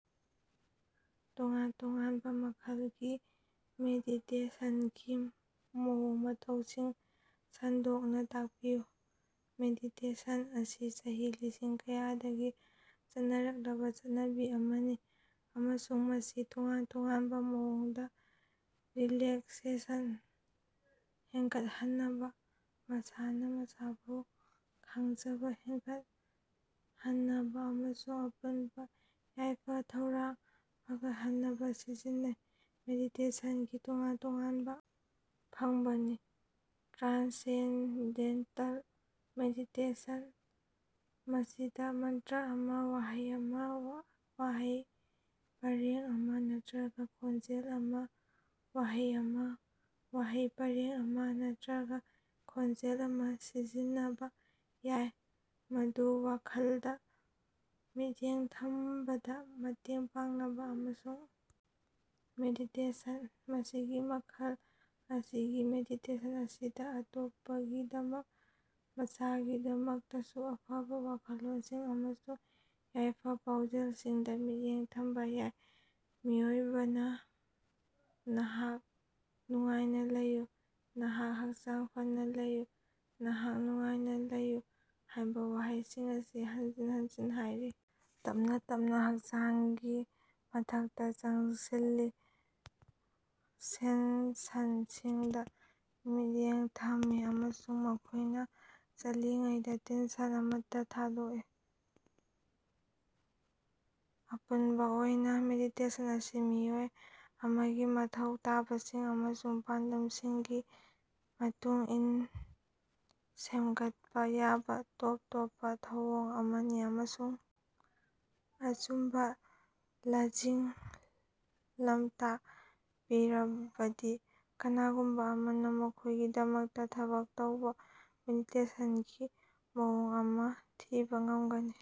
ꯇꯣꯉꯥꯟ-ꯇꯣꯉꯥꯟꯕ ꯃꯈꯜꯒꯤ ꯃꯦꯗꯤꯇꯦꯁꯟꯒꯤ ꯃꯑꯣꯡ-ꯃꯇꯧꯁꯤꯡ ꯁꯟꯗꯣꯛꯅ‌ ꯇꯥꯛꯄꯤꯌꯨ꯫ ꯃꯦꯗꯤꯇꯦꯁꯟ ꯑꯁꯤ ꯆꯍꯤ ꯂꯤꯁꯤꯡ ꯀꯌꯥꯗꯒꯤ ꯆꯠꯅꯔꯛꯂꯕ‌ ꯆꯠꯅꯕꯤ ꯑꯃꯅꯤ ꯑꯃꯁꯨꯡ ꯃꯁꯤ ꯇꯣꯉꯥꯟ ꯇꯣꯉꯥꯟꯕ ꯃꯑꯣꯡꯗ ꯔꯤꯂꯦꯛꯁꯦꯁꯟ ꯍꯦꯟꯒꯠꯍꯟꯅꯕ, ꯃꯁꯥꯅ ꯃꯁꯥꯕꯨ ꯈꯪꯖꯕ ꯍꯦꯟꯒꯠꯍꯟꯅꯕ ꯑꯃꯁꯨꯡ ꯑꯄꯨꯟꯕ ꯌꯥꯏꯐ-ꯊꯧꯔꯥꯡ ꯐꯒꯠꯍꯟꯅꯕ ꯁꯤꯖꯤꯟꯅꯩ꯫ ꯃꯦꯗꯤꯇꯦꯁꯟꯒꯤ ꯇꯣꯉꯥꯟ ꯇꯣꯉꯥꯟꯕ ꯐꯪꯕꯅꯤ꯫ ꯇ꯭ꯔꯥꯟꯁꯦꯟꯗꯦꯟꯇꯜ ꯃꯦꯗꯤꯇꯦꯁꯟ - ꯃꯁꯤꯗ ꯃꯟꯇꯔ ꯑꯃ – ꯋꯥꯍꯩ ꯑꯃ, ꯋꯥꯍꯩ ꯄꯔꯦꯡ ꯑꯃ ꯅꯠꯇꯔꯒ ꯈꯣꯟꯖꯦꯜ ꯑꯃ -ꯋꯥꯍꯩ ꯑꯃ, ꯋꯥꯍꯩ ꯄꯥꯔꯦꯡ ꯑꯃ ꯅꯠꯇꯔꯒ ꯈꯣꯟꯖꯦꯜ ꯑꯃ ꯁꯤꯖꯤꯟꯅꯕ ꯌꯥꯏ, ꯃꯗꯨ ꯋꯥꯈꯜꯗ ꯃꯤꯠꯌꯦꯡ ꯊꯝꯕꯗ ꯃꯇꯦꯡ ꯄꯥꯡꯅꯕ ꯑꯃꯁꯨꯡ ꯃꯦꯗꯤꯇꯦꯁꯟ - ꯃꯁꯤꯒꯤ ꯃꯈꯜ ꯑꯁꯤꯒꯤ ꯃꯦꯗꯤꯇꯦꯁꯟ ꯑꯁꯤꯗ ꯑꯇꯣꯞꯄꯒꯤꯗꯃꯛ, ꯃꯁꯥꯒꯤꯗꯃꯛꯇꯁꯨ ꯑꯐꯕ ꯋꯥꯈꯜꯂꯣꯟꯁꯤꯡ ꯑꯃꯁꯨꯡ ꯌꯥꯏꯐ-ꯄꯥꯎꯖꯦꯜꯁꯤꯡꯗ ꯃꯤꯠꯌꯦꯡ ꯊꯝꯕ ꯌꯥꯏ꯫ ꯃꯤꯑꯣꯏꯕꯅ ꯅꯍꯥꯛ ꯅꯨꯡꯉꯥꯏꯅ ꯂꯩꯌꯨ, ꯅꯍꯥꯛ ꯍꯛꯆꯥꯡ ꯐꯅ ꯂꯩꯌꯨ, ꯅꯍꯥꯛ ꯅꯨꯡꯉꯥꯏꯅ ꯂꯩꯌꯨ‌ ꯍꯥꯏꯕ ꯋꯥꯍꯩꯁꯤꯡ ꯑꯁꯤ ꯍꯟꯖꯤꯟ ꯍꯟꯖꯤꯟ ꯍꯥꯏꯔꯤ ꯇꯞꯅ ꯇꯞꯅ ꯍꯛꯆꯥꯡꯒꯤ ꯃꯊꯛꯇ ꯆꯪꯁꯤꯜꯂꯤ, ꯁꯦꯟ꯭ꯁꯟꯁꯤꯡꯗ ꯃꯤꯠꯌꯦꯡ ꯊꯝꯃꯤ ꯑꯃꯁꯨꯡ ꯃꯈꯣꯏꯅ ꯆꯠꯂꯤꯉꯩꯗ ꯇꯦꯟꯁꯟ ꯑꯃꯠꯇ ꯊꯥꯗꯣꯛꯏ꯫ ꯑꯄꯨꯟꯕ ꯑꯣꯏꯅ, ꯃꯦꯗꯤꯇꯦꯁꯟ ꯑꯁꯤ ꯃꯤꯑꯣꯏ ꯑꯃꯒꯤ ꯃꯊꯧ ꯇꯥꯕꯁꯤꯡ ꯑꯃꯁꯨꯡ ꯄꯥꯟꯗꯝꯁꯤꯡꯒꯤ ꯃꯇꯨꯡ ꯏꯟ ꯁꯦꯝꯒꯠꯄ‌ ꯌꯥꯕ ꯇꯣꯞ ꯇꯣꯞꯄ ꯊꯧꯑꯣꯡ ꯑꯃꯅꯤ ꯑꯃꯁꯨꯡ ꯑꯆꯨꯝꯕ ꯂꯖꯤꯡ-ꯂꯝꯇꯥꯛ ꯄꯤꯔꯕꯗꯤ ꯀꯅꯥꯒꯨꯝꯕ ꯑꯃꯅ ꯃꯈꯣꯏꯒꯤꯗꯃꯛꯇ ꯊꯕꯛ ꯇꯧꯕ ꯃꯦꯗꯤꯇꯦꯁꯟꯒꯤ ꯃꯑꯣꯡ ꯑꯃ ꯊꯤꯕ ꯉꯝꯒꯅꯤ꯫